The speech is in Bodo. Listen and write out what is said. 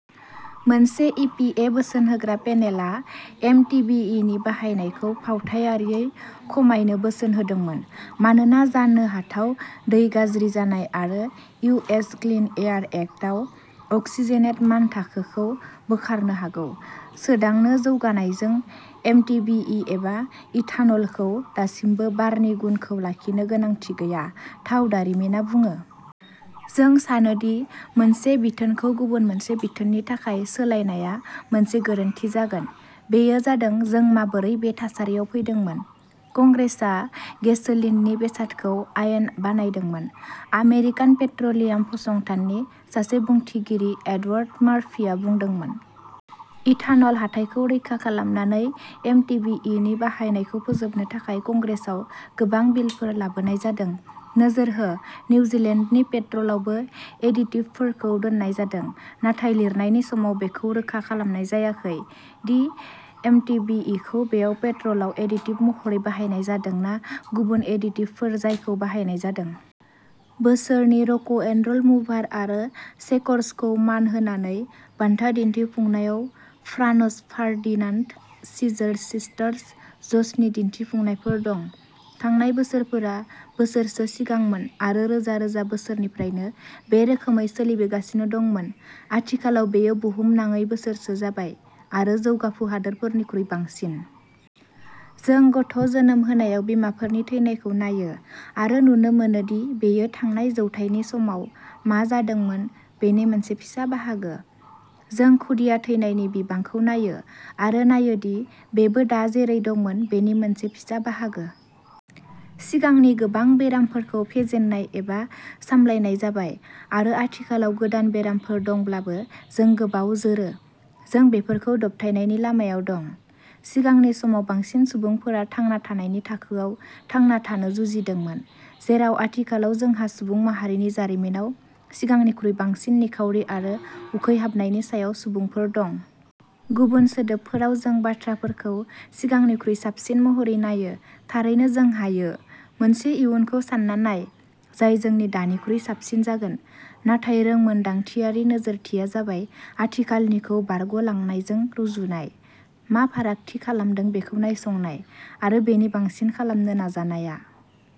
मोनसे इपिए बोसोनहोग्रा पेनेलआ एमटिबिइनि बाहायनायखौ फावथायारियै खमायनो बोसोन होदोंमोन मानोना जानो हाथाव दै गाज्रि जानाय आरो इउएस क्लिन एयार एक्टआव अक्सिजिनेट मानथाखोखौ बोखारनो हागौ। सोदांनो जौगानायजों, एमटिबिइ एबा इथान'लखौ दासिमबो बारनि गुनखौ लाखिनो गोनांथि गैया, थाव दारिमिना बुङो। "जों सानो दि मोनसे बिथोनखौ गुबुन मोनसे बिथोननि थाखाय सोलायनाया मोनसे गोरोन्थि जागोन। बेयो जादों जों माबोरै बे थासारियाव फैदोंमोन, कंग्रेसआ गेसोलिननि बेसादखौ आयेन बानायदोंमोन ", आमेरिकान पेट्र'लियाम फसंथाननि सासे बुंथिगिरि एडवार्ड मार्फीआ बुंदोंमोन। इथानल हाथाइखौ रैखा खालामनानै एमटिबिइनि बाहायनायखौ फोजोबनो थाखाय कंग्रेसआव गोबां बिलफोर लाबोनाय जादों। नोजोर हो;-निउजीलेन्डनि पेट्रलआवबो एडिटिभफोरखौ दोननाय जादों नाथाय लिरनायनि समाव बेखौ रोखा खालामनाय जायाखै दि एमटिबिइखौ बेयाव पेट्रलआव एडिटिभ महरै बाहायनाय जादों ना गुबुन एडिटिभफोर जायखौ बाहायनाय जादों। बोसोरनि रक'एन'र'ल मुभार आरो शेकर्सखौ मान होनानै, बान्था दिन्थिफुंनायाव फ्रानज फारदिनान्द, सिजर सिस्टार्स, ज'सनि दिन्थिफुंनायफोर दं। थांनाय बोसोरफोरा बोसोरसो सिगांमोन आरो रोजा रोजा बोसोरनिफ्रायनो बे रोखोमै सोलिबोगासिनो दंमोन। आथिखालाव बेयो बुहुमनाङै बोसोरसो जाबाय, आरो जौगाफु हादोरफोरनिख्रुइ बांसिन। जों गथ'जोनोम होनायाव बिमाफोरनि थैनायखौ नायो, आरो नुनो मोनो दि बेयो थांनाय जौथाइनि समाव मा जादोंमोन बेनि मोनसे फिसा बाहागो। जों खुदिया थैनायनि बिबांखौ नायो आरो नायोदि बेबो दा जेरै दंमोन बेनि मोनसे फिसा बाहागो। सिगांनि गोबां बेरामफोरखौ फेजेननाय एबा सामलायनाय जाबाय, आरो आथिखालाव गोदान बेरामफोर दंब्लाबो जों गोबाव जोरो, जों बेफोरखौ दबथायनायनि लामायाव दं। सिगांनि समाव बांसिन सुबुंफोरा थांना थानायनि थाखोआव थांना थानो जुजिदोंमोन, जेराव आथिखालाव जोंहा सुबुं माहारिनि जारिमिनाव सिगांनिख्रुइ बांसिन निखावरि आरो उखैहाबनायनि सायाव सुबुंफोर दं। गुबुन सोदोबफोराव जों बाथ्राफोरखौ सिगांनिख्रुइ साबसिन महरै नायो। थारैनो जों हायो। मोनसे इयुनखौ सानना नाय जाय जोंनि दानिख्रुइ साबसिन जागोन, नाथाय रोंमोन्दांथियारि नोजोरथिया जाबाय आथिखालनिखौ बारगलांनायजों रुजुनाय, मा फारागथि खालामदों बेखौ नायसंनाय, आरो बेनि बांसिन खालामनो नाजानाया।